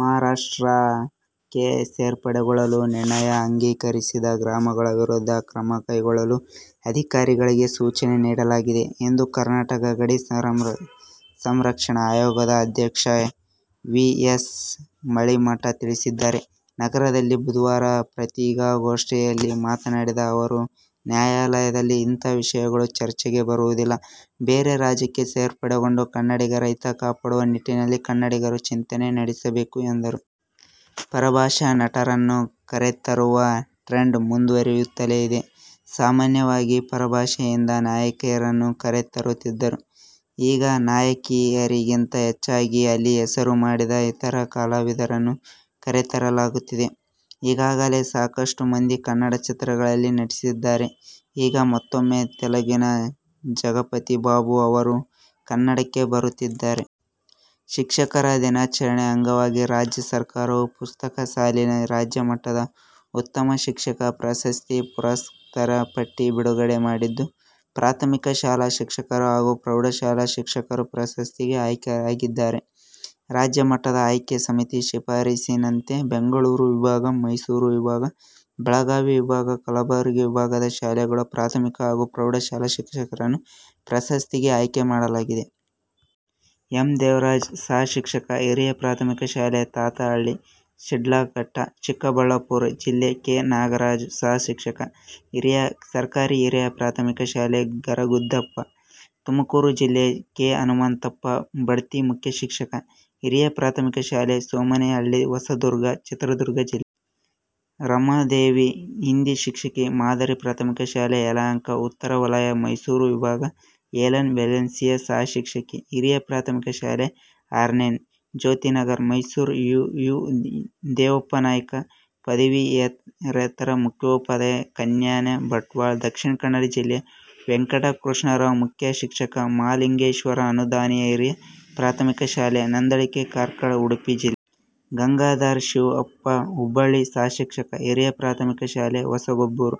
ಮಹಾರಾಷ್ಟ್ರಕ್ಕೆ ಸೇರ್ಪಡೆಗೊಳ್ಳಲು ನಿರ್ಣಯ ಅಂಗೀಕರಿಸಿದ ಗ್ರಾಮಗಳ ವಿರುದ್ಧ ಕ್ರಮ ಕೈಗೊಳ್ಳಲು ಅಧಿಕಾರಿಗಳಿಗೆ ಸೂಚನೆ ನೀಡಲಾಗಿದೆ ಎಂದು ಕರ್ನಾಟಕ ಗಡಿ ಸಂರಕ್ಷಣಾ ಆಯೋಗದ ಅಧ್ಯಕ್ಷ ವಿ. ಎಸ್. ಮಳಿಮಠ ತಿಳಿಸಿದ್ದಾರೆ. ನಗರದಲ್ಲಿ ಬುಧವಾರ ಪತ್ರಿಕಾಗೋಷ್ಠಿಯಲ್ಲಿ ಮಾತನಾಡಿದ ಅವರು, ನ್ಯಾಯಾಲಯದಲ್ಲಿ ಇಂಥ ವಿಷಯಗಳು ಚರ್ಚೆಗೆ ಬರುವುದಿಲ್ಲ. ಬೇರೆ ರಾಜ್ಯಕ್ಕೆ ಸೇರ್ಪಡೆಗೊಂಡ ಕನ್ನಡಿಗರ ಹಿತ ಕಾಪಾಡುವ ನಿಟ್ಟಿನಲ್ಲಿ ಕನ್ನಡಿಗರು ಚಿಂತನೆ ನಡೆಸಬೇಕು ಎಂದರು. ಪರಭಾಷಾ ನಟರನ್ನು ಕರೆತರುವ ಟ್ರೆಂಡ್ ಮುಂದುವರೆಯುತ್ತಲೇ ಇದೆ. ಸಾಮಾನ್ಯವಾಗಿ ಪರಭಾಷೆಯಿಂದ ನಾಯಕಿಯರನ್ನು ಕರೆತರುತ್ತಿದ್ದರು. ಈಗ ನಾಯಕಿಯರಿಗಿಂತ ಹೆಚ್ಚಾಗಿ ಅಲ್ಲಿ ಹೆಸರು ಮಾಡಿದ ಇತರ ಕಲಾವಿದರನ್ನು ಕರೆತರಲಾಗುತ್ತಿದೆ. ಈಗಾಗಲೇ ಸಾಕಷ್ಟು ಮಂದಿ ಕನ್ನಡ ಚಿತ್ರಗಳಲ್ಲಿ ನಟಿಸಿದ್ದಾರೆ. ಈಗ ಮತ್ತೂಮ್ಮೆ ತೆಲುಗಿನ ಜಗಪತಿ ಬಾಬು ಅವರು ಕನ್ನಡಕ್ಕೆ ಬರುತ್ತಿದ್ದಾರೆ. ಶಿಕ್ಷಕರ ದಿನಾಚರಣೆ ಅಂಗವಾಗಿ ರಾಜ್ಯ ಸರ್ಕಾರವು ಪ್ರಸಕ್ತ ಸಾಲಿನ ರಾಜ್ಯಮಟ್ಟದ ಉತ್ತಮ ಶಿಕ್ಷಕ ಪ್ರಶಸ್ತಿ ಪುರಸ್ಕೃತರ ಪಟ್ಟಿ ಬಿಡುಗಡೆ ಮಾಡಿದ್ದು, ಪ್ರಾಥಮಿಕ ಶಾಲಾ ಶಿಕ್ಷಕರು ಹಾಗೂ ಪ್ರೌಢಶಾಲಾ ಶಿಕ್ಷಕರು ಪ್ರಶಸ್ತಿಗೆ ಆಯ್ಕೆಯಾಗಿದ್ದಾರೆ. ರಾಜ್ಯ ಮಟ್ಟದ ಆಯ್ಕೆ ಸಮಿತಿ ಶಿಫಾರಸಿನಂತೆ ಬೆಂಗಳೂರು ವಿಭಾಗ, ಮೈಸೂರು ವಿಭಾಗ, ಬೆಳಗಾವಿ ವಿಭಾಗ, ಕಲಬುರಗಿ ವಿಭಾಗದ ಶಾಲೆಗಳ ಪ್ರಾಥಮಿಕ ಹಾಗೂ ಪ್ರೌಢಶಾಲಾ ಶಿಕ್ಷಕರನ್ನು ಪ್ರಶಸ್ತಿಗೆ ಆಯ್ಕೆ ಮಾಡಲಾಗಿದೆ. ಎಂ. ದೇವರಾಜ್- ಸಹ ಶಿಕ್ಷಕ, ಹಿರಿಯ ಪ್ರಾಥಮಿಕ ಶಾಲೆ, ತಾತಹಳ್ಳಿ, ಶಿಡ್ಲಘಟ್ಟ, ಚಿಕ್ಕಬಳ್ಳಾಪುರ ಜಿಲ್ಲೆ. ಕೆ. ನಾಗರಾಜು- ಸಹ ಶಿಕ್ಷಕ, ಸರ್ಕಾರಿ ಕಿರಿಯ ಪ್ರಾಥಮಿಕ ಶಾಲೆ, ಗರಗದಗುಪ್ಪೆ, ತುಮಕೂರು ಜಿಲ್ಲೆ. ಕೆ. ಹನುಮಂತಪ್ಪ- ಬಡ್ತಿ ಮುಖ್ಯ ಶಿಕ್ಷಕ, ಹಿರಿಯ ಪ್ರಾಥಮಿಕ ಶಾಲೆ, ಸೋಮೇನಹಳ್ಳಿ, ಹೊಸದುರ್ಗ, ಚಿತ್ರದುರ್ಗ ಜಿಲ್ಲೆ. ರಮಾದೇವಿ- ಹಿಂದಿ ಶಿಕ್ಷಕಿ, ಮಾದರಿ ಪ್ರಾಥಮಿಕ ಶಾಲೆ, ಯಲಹಂಕ ಉತ್ತರ ವಲಯ. ಮೈಸೂರು ವಿಭಾಗ: ಹೆಲನ್ ವೆಲ್ಸಿಲೀಯ- ಸಹ ಶಿಕ್ಷಕಿ, ಹಿರಿಯ ಪ್ರಾಥಮಿಕ ಶಾಲೆ, ಹಾರ್ಲೇನ್ ಜ್ಯೋತಿನಗರ, ಮೈಸೂರು. ಯು. ದೇವಪ್ಪನಾಯ್ಕ- ಪದವೀಧರೇತರ ಮುಖ್ಯೋಪಾಧ್ಯಾಯ, ಕನ್ಯಾನ, ಬಂಟ್ವಾಳ, ದಕ್ಷಿಣ ಕನ್ನಡ ಜಿಲ್ಲೆ. ವೆಂಕಟಕೃಷ್ಣರಾವ್- ಮುಖ್ಯ ಶಿಕ್ಷಕ, ಮಹಾಲಿಂಗೇಶ್ವರ ಅನುದಾನಿತ ಹಿರಿಯ ಪ್ರಾಥಮಿಕ ಶಾಲೆ, ನಂದಳಿಕೆ, ಕಾರ್ಕಳ, ಉಡುಪಿ ಜಿಲ್ಲೆ. ಗಂಗಾಧರ ಶಿವಪ್ಪ ಹುಬ್ಬಳ್ಳಿ- ಸಹ ಶಿಕ್ಷಕ, ಹಿರಿಯ ಪ್ರಾಥಮಿಕ ಶಾಲೆ, ಹೊಸಗಬ್ಬೂರು,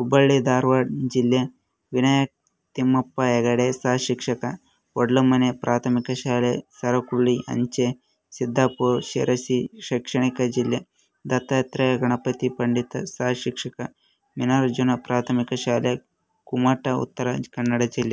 ಹುಬ್ಬಳ್ಳಿ, ಧಾರವಾಡ ಜಿಲ್ಲೆ. ವಿನಾಯಕ ತಿಮ್ಮಪ್ಪ ಹೆಗಡೆ- ಸಹ ಶಿಕ್ಷಕ, ಹೂಡ್ಲಮನೆ ಪ್ರಾಥಮಿಕ ಶಾಲೆ, ಸರಕುಳಿ ಅಂಚೆ, ಸಿದ್ದಾಪುರ, ಶಿರಸಿ ಶೈಕ್ಷಣಿಕ ಜಿಲ್ಲೆ. ದತ್ತಾತ್ರೇಯ ಗಣಪತಿ ಪಂಡಿತ- ಸಹ ಶಿಕ್ಷಕ, ಮಿರ್ಜಾನ ಪ್ರಾಥಮಿಕ ಶಾಲೆ, ಕುಮಟಾ, ಉತ್ತರ ಕನ್ನಡ ಜಿಲ್ಲೆ.